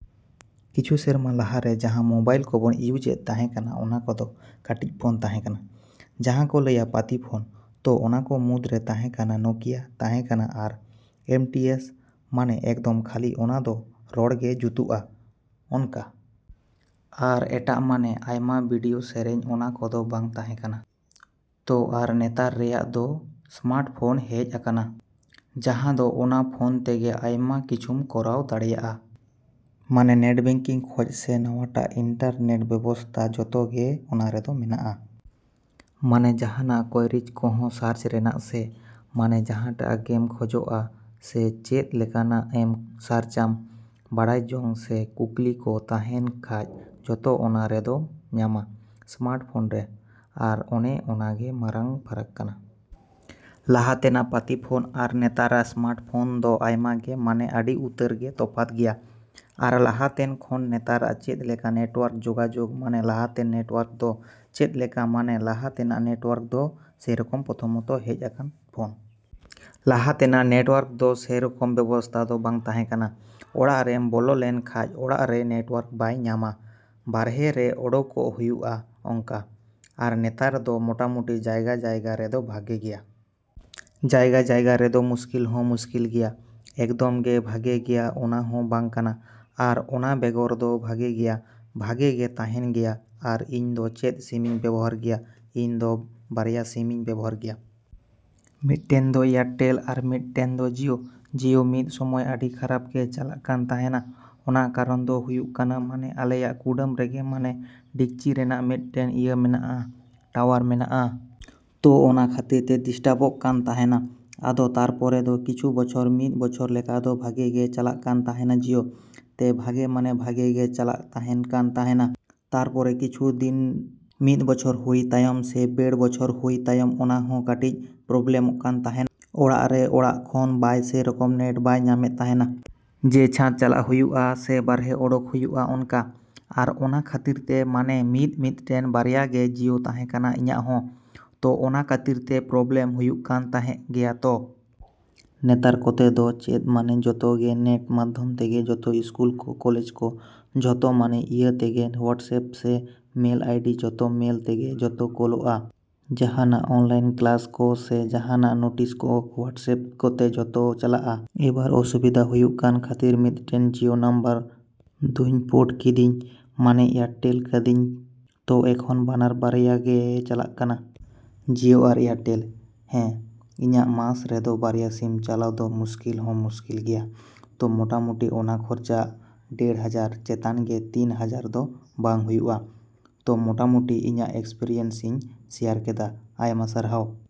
ᱠᱤᱪᱷᱩ ᱥᱮᱨᱢᱟ ᱞᱟᱦᱟᱨᱮ ᱡᱟᱦᱟᱸ ᱢᱚᱵᱟᱭᱤᱞ ᱠᱚᱵᱚᱱ ᱤᱭᱩᱡᱮᱫ ᱛᱟᱦᱮᱱᱟ, ᱚᱱᱟ ᱠᱚᱫᱚ ᱮᱠᱫᱚᱢ ᱠᱟᱹᱴᱤᱡ ᱯᱷᱳᱱ ᱛᱟᱦᱮᱠᱟᱱᱟ, ᱡᱟᱦᱟᱸ ᱠᱚ ᱞᱟᱹᱭᱟ ᱯᱟᱛᱤ ᱯᱷᱳᱱ᱾ ᱛᱚ, ᱚᱱᱟᱠᱚ ᱢᱩᱫ ᱨᱮ ᱛᱟᱦᱮᱸ ᱠᱟᱱᱟ ᱱᱚᱠᱤᱭᱟ ᱛᱟᱦᱮᱠᱟᱱᱟ ᱟᱨ ᱮᱢ ᱴᱤ ᱮᱥ ᱢᱟᱱᱮ ᱮᱠᱫᱚᱢ ᱠᱷᱟᱹᱞᱤ ᱚᱱᱟᱫᱚ ᱨᱚᱲ ᱜᱮ ᱡᱩᱛᱩᱜᱼᱟ ᱚᱱᱠᱟ᱾ ᱟᱨ ᱮᱴᱟᱜ ᱢᱟᱱᱮ ᱟᱭᱢᱟ ᱵᱤᱰᱤᱭᱳ, ᱥᱮᱨᱮᱧ ᱚᱱᱟ ᱠᱚᱫᱚ ᱵᱟᱝ ᱛᱟᱦᱮᱸ ᱠᱟᱱᱟ᱾ ᱛᱚ, ᱟᱨ ᱱᱮᱛᱟᱨ ᱨᱮᱱᱟᱜ ᱫᱚ ᱥᱢᱟᱨᱴ ᱯᱷᱳᱱ ᱫᱚ ᱦᱮᱡ ᱟᱠᱱᱟ᱾ ᱡᱟᱦᱟᱸ ᱫᱚ ᱚᱱᱟ ᱯᱷᱳᱱ ᱛᱮᱜᱮ ᱟᱭᱢᱟ ᱠᱤᱪᱷᱩᱢ ᱠᱚᱨᱟᱣ ᱫᱟᱲᱮᱭᱟᱜᱼᱟ᱾ ᱢᱟᱱᱮ ᱱᱮᱴ ᱵᱮᱝᱠᱤᱝ ᱠᱷᱚᱡ ᱥᱮ ᱱᱟᱣᱟᱴᱟᱜ ᱤᱱᱴᱟᱨᱱᱮᱴ ᱵᱮᱵᱚᱥᱛᱟ ᱡᱚᱛᱚ ᱜᱮ ᱚᱱᱟᱨᱮᱫᱚ ᱢᱮᱱᱟᱜᱼᱟ᱾ ᱢᱟᱱᱮ ᱡᱟᱦᱟᱱᱟᱜ ᱠᱚᱭᱨᱤᱪ ᱠᱚᱦᱚᱸ ᱥᱟᱨᱪ ᱨᱮᱱᱟᱜ ᱥᱮ, ᱢᱟᱱᱮ ᱡᱟᱦᱟᱸᱴᱟᱜ ᱜᱮᱢ ᱠᱷᱚᱡᱚᱜᱼᱟ ᱥᱮ ᱪᱮᱫ ᱞᱮᱠᱟᱱᱟᱜ ᱮᱢ ᱥᱟᱨᱪᱟᱢ, ᱵᱟᱰᱟᱭ ᱡᱚᱝ ᱥᱮ ᱠᱩᱠᱞᱤ ᱠᱚ ᱛᱟᱦᱮᱱ ᱠᱷᱟᱡ ᱡᱷᱚᱛᱚ ᱚᱱᱟ ᱨᱮᱫᱚᱢ ᱧᱟᱢᱟ, ᱥᱢᱟᱨᱴ ᱯᱷᱳᱱ ᱨᱮ᱾ ᱟᱨ ᱚᱱᱮ ᱚᱱᱟ ᱜᱮ ᱢᱟᱨᱟᱝ ᱯᱷᱟᱨᱟᱠ ᱠᱟᱱᱟ᱾ ᱞᱟᱦᱟ ᱛᱮᱱᱟᱜ ᱯᱟᱛᱤ ᱯᱷᱳᱱ ᱟᱨ ᱱᱮᱛᱟᱨᱟᱜ ᱥᱢᱟᱨᱴ ᱯᱷᱚᱱ ᱫᱚ ᱟᱭᱢᱟ ᱜᱮ ᱢᱟᱱᱮ ᱟᱹᱰᱤ ᱩᱛᱟᱹᱨ ᱜᱮ ᱛᱚᱯᱷᱟᱛ ᱜᱮᱭᱟ᱾ ᱟᱨ ᱞᱟᱦᱟ ᱛᱮᱱ ᱠᱷᱚᱱ ᱱᱮᱛᱟᱨᱟᱜ ᱪᱮᱫᱞᱮᱠᱟ ᱱᱮᱴᱚᱣᱟᱨᱠ ᱡᱚᱜᱟᱡᱚᱜᱽ ᱢᱟᱱᱮ ᱞᱟᱦᱟᱛᱮᱱ ᱱᱮᱴᱚᱣᱟᱨᱠ ᱫᱚ ᱪᱮᱫᱞᱮᱠᱟ ᱢᱟᱱᱮ ᱞᱟᱦᱟ ᱛᱮᱱᱟᱜ ᱱᱮᱴᱚᱣᱟᱨᱠ ᱫᱚ ᱥᱮᱨᱚᱠᱚᱢ ᱯᱨᱚᱛᱷᱚᱢ ᱛᱚ ᱦᱮᱡ ᱟᱠᱟᱱ ᱯᱷᱳᱱ᱾ ᱞᱟᱦᱟ ᱛᱮᱱᱟᱜ ᱱᱮᱴᱚᱣᱟᱨᱠ ᱫᱚ ᱥᱮᱨᱚᱠᱚᱢ ᱵᱮᱵᱚᱥᱛᱷᱟ ᱫᱚ ᱵᱟᱝ ᱛᱟᱦᱮᱸ ᱠᱟᱱᱟ᱾ ᱚᱲᱟᱜ ᱨᱮᱢ ᱵᱚᱞᱚ ᱞᱮᱱ ᱠᱷᱟᱡ, ᱚᱲᱟᱜ ᱨᱮ ᱱᱮᱴᱚᱣᱟᱨᱠ ᱵᱟᱭ ᱧᱟᱢᱟ᱾ ᱵᱟᱨᱦᱮ ᱨᱮ ᱚᱰᱚᱠ ᱦᱩᱭᱩᱜᱼᱟ ᱚᱝᱠᱟ᱾ ᱟᱨ ᱱᱮᱛᱟᱨ ᱫᱚ ᱢᱚᱴᱟᱢᱩᱴᱤ ᱡᱟᱭᱜᱟᱼᱡᱟᱭᱜᱟ ᱨᱮᱫᱚ ᱵᱷᱟᱜᱮ ᱜᱮᱭᱟ᱾ ᱡᱟᱭᱜᱟᱼᱡᱟᱭᱜᱟ ᱨᱮᱫᱚ ᱢᱩᱥᱠᱤᱞ ᱦᱚᱸ ᱢᱩᱥᱠᱤᱞ ᱜᱮᱭᱟ᱾ ᱮᱠᱫᱚᱢ ᱜᱮ ᱵᱷᱟᱜᱮ ᱜᱮᱭᱟ, ᱚᱱᱟ ᱦᱚᱸ ᱵᱟᱝ ᱠᱟᱱᱟ᱾ ᱟᱨ ᱚᱱᱟ ᱵᱮᱜᱚᱨ ᱫᱚ ᱵᱷᱟᱜᱮ ᱜᱮᱭᱟ᱾ ᱵᱷᱟᱜᱮ ᱜᱮ ᱛᱟᱦᱮᱱ ᱜᱮᱭᱟ᱾ ᱟᱨ ᱤᱧ ᱫᱚ ᱪᱮᱫ ᱥᱤᱢᱤᱧ ᱵᱮᱵᱚᱦᱟᱨ ᱜᱮᱭᱟ, ᱤᱧ ᱫᱚ ᱵᱟᱨᱭᱟ ᱥᱤᱢᱤᱧ ᱵᱮᱵᱚᱦᱟᱨ ᱜᱮᱭᱟ᱾ ᱢᱤᱫᱴᱮᱱ ᱫᱚ ᱮᱭᱟᱨᱴᱮᱞ ᱟᱨ ᱢᱤᱫᱴᱮᱱ ᱫᱚ ᱡᱤᱭᱳ᱾ ᱡᱤᱭᱳ ᱢᱤᱫ ᱥᱚᱢᱚᱭ ᱟᱹᱰᱤ ᱠᱷᱟᱨᱟᱯ ᱜᱮ ᱪᱟᱞᱟᱜ ᱠᱟᱱ ᱛᱟᱦᱮᱱᱟ ᱚᱱᱟ ᱠᱟᱨᱚᱱ ᱫᱚ ᱦᱩᱭᱩᱜ ᱠᱟᱱᱟ᱾ ᱢᱟᱱᱮ ᱟᱞᱮᱭᱟᱜ ᱠᱩᱰᱟᱹᱢ ᱨᱮᱜᱮ ᱢᱟᱱᱮ ᱰᱤᱠᱪᱤ ᱨᱮᱱᱟᱜ ᱢᱤᱫᱴᱮᱱ ᱤᱭᱟᱹ ᱢᱮᱱᱟᱜᱼᱟ, ᱴᱟᱣᱟᱨ ᱢᱮᱱᱟᱜᱼᱟ᱾ ᱛᱚ, ᱚᱱᱟ ᱠᱷᱟᱹᱛᱤᱨ ᱛᱮ ᱰᱤᱥᱴᱟᱵᱚᱜ ᱠᱟᱱ ᱛᱟᱦᱮᱱᱟ᱾ ᱟᱫᱚ ᱛᱟᱨᱯᱚᱨᱮ ᱫᱚ ᱠᱤᱪᱷᱩ ᱵᱚᱪᱷᱚᱨ, ᱢᱤᱫ ᱵᱚᱪᱷᱚᱨ ᱞᱮᱠᱟᱫᱚ ᱵᱷᱟᱜᱮ ᱜᱮ ᱪᱟᱞᱟᱜ ᱠᱟᱱ ᱛᱟᱦᱮᱱᱟ ᱡᱤᱭᱳ᱾ ᱛᱮ, ᱵᱷᱟᱜᱮ ᱢᱟᱱᱮ ᱵᱷᱟᱜᱮ ᱜᱮ ᱪᱟᱞᱟᱜ ᱛᱟᱦᱮᱱ ᱠᱟᱱ ᱛᱟᱦᱮᱱᱟ᱾ ᱛᱟᱯᱚᱨᱮ ᱠᱤᱪᱷᱩ ᱫᱤᱱ ᱢᱤᱫ ᱵᱚᱪᱷᱚᱨ ᱦᱩᱭ ᱛᱟᱭᱚᱢ ᱥᱮ ᱰᱮᱲ ᱵᱚᱪᱷᱚᱨ ᱦᱩᱭ ᱛᱟᱭᱚᱢ ᱚᱱᱟ ᱦᱚᱸ ᱠᱟᱹᱴᱤᱡ ᱯᱨᱚᱵᱞᱮᱢᱚᱜ ᱠᱟᱱ ᱛᱟᱦᱮᱱᱟ, ᱚᱲᱟᱜ ᱨᱮ ᱚᱲᱟᱜ ᱠᱷᱚᱱ ᱵᱟᱭ, ᱥᱮᱨᱚᱠᱚᱢ ᱱᱮᱴ ᱵᱟᱭ ᱧᱟᱢᱮᱫ ᱛᱟᱦᱮᱱᱟ᱾ ᱡᱮ, ᱪᱷᱟᱸᱫᱽ ᱪᱟᱞᱟᱜ ᱦᱩᱭᱩᱜᱼᱟ ᱥᱮ ᱵᱟᱨᱦᱮ ᱚᱰᱚᱠ ᱦᱩᱭᱩᱜᱼᱟ ᱚᱱᱠᱟ᱾ ᱟᱨ ᱚᱱᱟ ᱠᱷᱟᱹᱛᱤᱨ ᱛᱮ ᱢᱟᱱᱮ ᱢᱤᱫ ᱢᱤᱫᱴᱮᱱ, ᱵᱟᱨᱭᱟ ᱜᱮ ᱡᱤᱭᱳ ᱛᱟᱦᱮᱸ ᱠᱟᱱᱟ ᱤᱧᱟᱹᱜ ᱦᱚᱸ᱾ ᱛᱚ, ᱚᱱᱟ ᱠᱟᱹᱛᱤᱨ ᱛᱮ ᱯᱨᱚᱵᱞᱮᱢ ᱦᱩᱭᱩᱜ ᱠᱟᱱ ᱛᱟᱦᱮᱸᱜ ᱜᱮᱭᱟ᱾ ᱛᱚ, ᱱᱮᱛᱟᱨ ᱠᱚᱛᱮ ᱫᱚ ᱪᱮᱫ ᱢᱟᱱᱮ ᱡᱚᱛᱚ ᱜᱮ ᱱᱮᱴ ᱢᱟᱫᱽᱫᱷᱚᱢ ᱛᱮᱜᱮ ᱡᱚᱛᱚ ᱥᱠᱩᱞ ᱠᱚ, ᱠᱚᱞᱮᱡᱽ ᱠᱚ ᱡᱷᱚᱛᱚ ᱢᱟᱱᱮ ᱤᱭᱟᱹ ᱛᱮᱜᱮ, ᱦᱚᱣᱟᱴᱥᱮᱯ ᱥᱮ ᱢᱮᱞ ᱟᱭᱰᱤ ᱡᱷᱚᱛᱚ ᱢᱮᱞ ᱛᱮᱜᱮ ᱡᱷᱚᱛᱚ ᱠᱩᱞᱳᱜᱼᱟ, ᱡᱟᱦᱟᱱᱟᱜ ᱚᱱᱞᱟᱭᱤᱱ ᱠᱞᱟᱥ ᱠᱚ ᱥᱮ ᱡᱟᱦᱟᱱᱟᱜ ᱱᱚᱴᱤᱥ ᱠᱚᱦᱚᱸ ᱦᱚᱣᱟᱴᱥᱮᱯ ᱠᱚᱛᱮ ᱡᱷᱚᱛᱚ ᱪᱟᱞᱟᱜᱼᱟ, ᱮᱵᱟᱨ ᱚᱥᱩᱵᱤᱫᱟ ᱦᱩᱭᱩᱜ ᱠᱟᱱ ᱠᱷᱟᱹᱛᱤᱨ ᱢᱤᱫᱴᱮᱱ ᱡᱤᱭᱳ ᱱᱟᱢᱵᱟᱨ ᱫᱩᱧ ᱯᱳᱨᱴ ᱠᱤᱫᱟᱹᱧ ᱢᱟᱱᱮ ᱮᱭᱟᱨᱴᱮᱞ ᱠᱟᱹᱫᱤᱧ ᱛᱚ, ᱮᱠᱷᱚᱱ ᱵᱟᱱᱟᱨ ᱵᱟᱨᱭᱟ ᱜᱮ ᱪᱟᱞᱟᱜ ᱠᱟᱱᱟ᱾ ᱡᱤᱭᱳ ᱟᱨ ᱮᱭᱟᱨᱴᱮᱞ᱾ ᱦᱮᱸ, ᱤᱧᱟᱹᱜ ᱢᱟᱥ ᱨᱮᱫᱚ ᱵᱟᱨᱭᱟ ᱥᱤᱢ ᱪᱟᱞᱟᱣ ᱫᱚ ᱢᱩᱥᱠᱤᱞ ᱦᱚᱸ ᱢᱩᱥᱠᱤᱞ ᱜᱮᱭᱟ᱾ ᱛᱚ, ᱢᱚᱴᱟᱢᱩᱴᱤ, ᱚᱱᱟ ᱠᱷᱚᱨᱪᱟᱜᱼᱟ ᱰᱮᱲ ᱦᱟᱡᱟᱨ ᱪᱮᱛᱟᱱ ᱜᱮ ᱛᱤᱱ ᱦᱟᱡᱟᱨ ᱫᱚ ᱵᱟᱝ ᱦᱩᱭᱩᱜᱼᱟ᱾ ᱛᱚ, ᱢᱚᱴᱟᱢᱚᱴᱤ ᱤᱧᱟᱹᱜ ᱮᱠᱥᱯᱮᱨᱤᱭᱮᱱᱥᱤᱧ ᱥᱮᱭᱟᱨ ᱠᱮᱫᱟ᱾ ᱟᱭᱢᱟ ᱥᱟᱨᱦᱟᱣ!